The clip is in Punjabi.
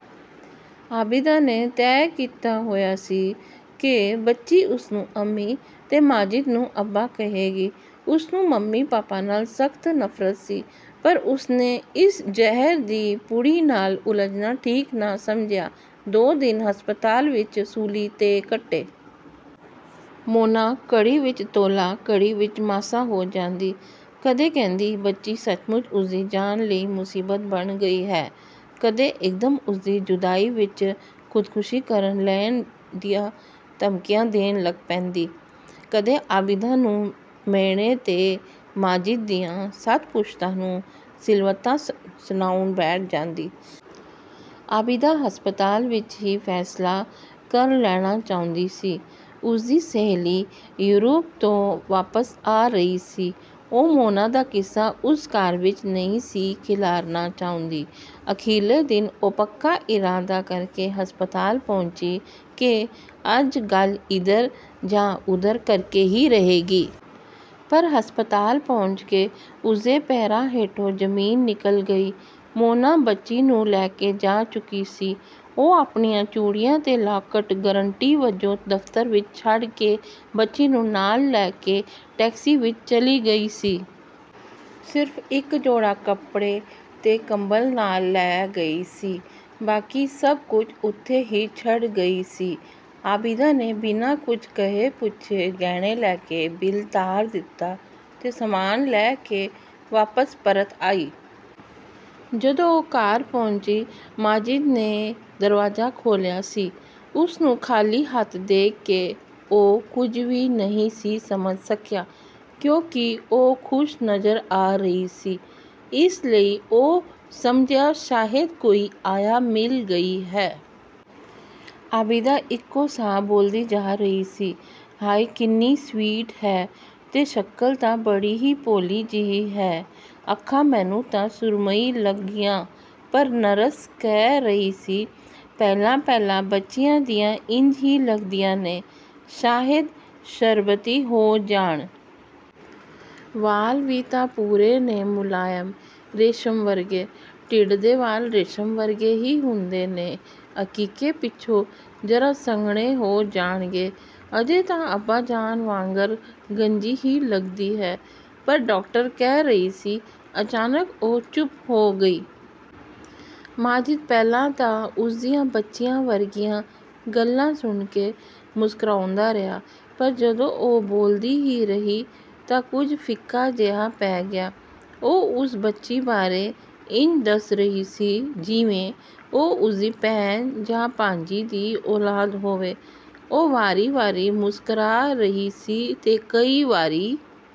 ਆਬਿਦਾ ਨੇ ਤੈਅ ਕੀਤਾ ਹੋਇਆ ਸੀ ਕਿ ਬੱਚੀ ਉਸਨੂੰ ਅੰਮੀ, ਤੇ ਮਾਜਿਦ ਨੂੰ ਅੱਬਾ ਕਹੇਗੀ। ਉਸਨੂੰ ਮੰਮੀ-ਪਾਪਾ ਨਾਲ ਸਖ਼ਤ ਨਫ਼ਰਤ ਸੀ। ਪਰ ਉਸਨੇ ਇਸ ਜ਼ਹਿਰ ਦੀ ਪੁੜੀ ਨਾਲ ਉਲਝਣਾ ਠੀਕ ਨਾ ਸਮਝਿਆ। ਦੋ ਦਿਨ ਹਸਪਤਾਲ ਵਿੱਚ ਸੂਲੀ 'ਤੇ ਕੱਟੇ। ਮੋਨਾ ਘੜੀ ਵਿੱਚ ਤੋਲਾ, ਘੜੀ ਵਿੱਚ ਮਾਸਾ ਹੋ ਜਾਂਦੀ। ਕਦੇ ਕਹਿੰਦੀ ਬੱਚੀ ਸੱਚਮੁੱਚ ਉਸਦੀ ਜਾਨ ਲਈ ਮੁਸੀਬਤ ਬਣ ਗਈ ਹੈ, ਕਦੇ ਇੱਕਦਮ ਉਸਦੀ ਜੁਦਾਈ ਵਿੱਚ ਖ਼ੁਦਕਸ਼ੀ ਕਰ ਲੈਣ ਦੀਆਂ ਧਮਕੀਆਂ ਦੇਣ ਲੱਗ ਪੈਂਦੀ, ਕਦੇ ਆਬਿਦਾ ਨੂੰ ਮਿਹਣੇ ਤੇ ਮਾਜਿਦ ਦੀਆਂ ਸੱਤ ਪੁਸ਼ਤਾਂ ਨੂੰ ਸਿਲਵਤਾਂ ਸੁਣਾਉਣ ਬੈਠ ਜਾਂਦੀ। ਆਬਿਦਾ ਹਸਪਤਾਲ ਵਿੱਚ ਹੀ ਫ਼ੈਸਲਾ ਕਰ ਲੈਣਾ ਚਾਹੁੰਦੀ ਸੀ। ਉਸਦੀ ਸਹੇਲੀ ਯੂਰਪ ਤੋਂ ਵਾਪਸ ਆ ਰਹੀ ਸੀ, ਉਹ ਮੋਨਾ ਦਾ ਕਿੱਸਾ ਉਸ ਘਰ ਵਿੱਚ ਨਹੀਂ ਸੀ ਖਿਲਾਰਨਾ ਚਾਹੁੰਦੀ। ਅਖੀਰਲੇ ਦਿਨ ਉਹ ਪੱਕਾ ਇਰਾਦਾ ਕਰਕੇ ਹਸਪਤਾਲ ਪਹੁੰਚੀ ਕਿ ਅੱਜ ਗੱਲ ਇਧਰ ਜਾਂ ਉਧਰ ਕਰਕੇ ਹੀ ਰਹੇਗੀ। ਪਰ, ਹਸਪਤਾਲ ਪਹੁੰਚ ਕੇ ਉਸਦੇ ਪੈਰਾਂ ਹੇਠੋਂ ਜ਼ਮੀਨ ਨਿਕਲ ਗਈ। ਮੋਨਾ ਬੱਚੀ ਨੂੰ ਲੈ ਕੇ ਜਾ ਚੁੱਕੀ ਸੀ। ਉਹ ਆਪਣੀਆਂ ਚੂੜੀਆਂ ਤੇ ਲਾਕਟ ਗਰੰਟੀ ਵਜੋਂ ਦਫ਼ਤਰ ਵਿੱਚ ਛੱਡ ਕੇ ਬੱਚੀ ਨੂੰ ਨਾਲ ਲੈ ਕੇ ਟੈਕਸੀ ਵਿੱਚ ਚਲੀ ਗਈ ਸੀ। ਸਿਰਫ ਇੱਕ ਜੋੜਾ ਕੱਪੜੇ ਤੇ ਕੰਬਲ ਨਾਲ ਲੈ ਗਈ ਸੀ, ਬਾਕੀ ਸਭ ਕੁਝ ਉੱਥੇ ਹੀ ਛੱਡ ਗਈ ਸੀ। ਆਬਿਦਾ ਨੇ ਬਿਨਾਂ ਕੁਝ ਕਹੇ-ਪੁੱਛੇ ਗਹਿਣੇ ਲੈ ਕੇ ਬਿੱਲ ਤਾਰ ਦਿੱਤਾ ਤੇ ਸਾਮਾਨ ਲੈ-ਕੇ ਵਾਪਸ ਪਰਤ ਆਈ। ਜਦੋਂ ਉਹ ਘਰ ਪਹੁੰਚੀ, ਮਾਜਿਦ ਨੇ ਦਰਵਾਜ਼ਾ ਖੋਲ੍ਹਿਆ ਸੀ। ਉਸਨੂੰ ਖ਼ਾਲੀ ਹੱਥ ਦੇਖ ਕੇ ਉਹ ਕੁਝ ਵੀ ਨਹੀਂ ਸੀ ਸਮਝ ਸਕਿਆ। ਕਿਉਂਕਿ ਉਹ ਖੁਸ਼ ਨਜ਼ਰ ਆ ਰਹੀ ਸੀ, ਇਸ ਲਈ ਉਹ ਸਮਝਿਆ ਸ਼ਾਇਦ ਕੋਈ ਆਇਆ ਮਿਲ ਗਈ ਹੈ। ਆਬਿਦਾ ਇੱਕੋ ਸਾਹ ਬੋਲਦੀ ਜਾ ਰਹੀ ਸੀ। ਹਾਏ ਕਿੰਨੀ ਸਵੀਟ ਹੈ-- ਤੇ ਸ਼ਕਲ ਤਾਂ ਬੜੀ ਹੀ ਭੋਲੀ ਜਿਹੀ ਹੈ! ਅੱਖਾਂ ਮੈਨੂੰ ਤਾਂ ਸੁਰਮਈ ਲੱਗੀਆਂ, ਪਰ ਨਰਸ ਕਹਿ ਰਹੀ ਸੀ, ਪਹਿਲਾਂ-ਪਹਿਲਾਂ ਬੱਚਿਆਂ ਦੀਆਂ ਇੰਜ ਹੀ ਲੱਗਦੀਆਂ ਨੇ ਸ਼ਾਇਦ ਸ਼ਰਬਤੀ ਹੋ ਜਾਣ! ਵਾਲ ਵੀ ਤਾਂ ਭੂਰੇ ਨੇ ਮੁਲਾਇਮ; ਰੇਸ਼ਮ ਵਰਗੇ, ਢਿੱਡ ਦੇ ਵਾਲ ਰੇਸ਼ਮ ਵਰਗੇ ਹੀ ਹੁੰਦੇ ਨੇ। ਅਕੀਕੇ ਪਿੱਛੋਂ ਜ਼ਰਾ ਸੰਘਣੇ ਹੋ ਜਾਣਗੇ। ਅਜੇ ਤਾਂ ਅੱਬਾ ਜਾਨ ਵਾਂਗਰ ਗੰਜੀ ਹੀ ਲੱਗਦੀ ਹੈ। ਪਰ ਡਾਕਟਰ ਕਹਿ ਰਹੀ ਸੀ" ਅਚਾਨਕ ਉਹ ਚੁੱਪ ਹੋ ਗਈ। ਮਾਜਿਦ ਪਹਿਲਾਂ ਤਾਂ ਉਸ ਦੀਆਂ ਬੱਚਿਆਂ ਵਰਗੀਆਂ ਗੱਲਾਂ ਸੁਣ ਕੇ ਮੁਸਕਰਾਉਂਦਾ ਰਿਹਾ, ਪਰ ਜਦੋਂ ਉਹ ਬੋਲਦੀ ਹੀ ਰਹੀ ਤਾਂ ਕੁਝ ਫਿੱਕਾ ਜਿਹਾ ਪੈ ਗਿਆ। ਉਹ ਉਸ ਬੱਚੀ ਬਾਰੇ ਇੰਜ ਦੱਸ ਰਹੀ ਸੀ ਜਿਵੇਂ ਉਹ ਉਸਦੀ ਭੈਣ ਜਾਂ ਭਾਂਜੀ ਦੀ ਔਲਾਦ ਹੋਵੇ। ਉਹ ਵਾਰੀ-ਵਾਰੀ ਮੁਸਕਰਾ ਰਹੀ ਸੀ ਤੇ ਕਈ ਵਾਰੀ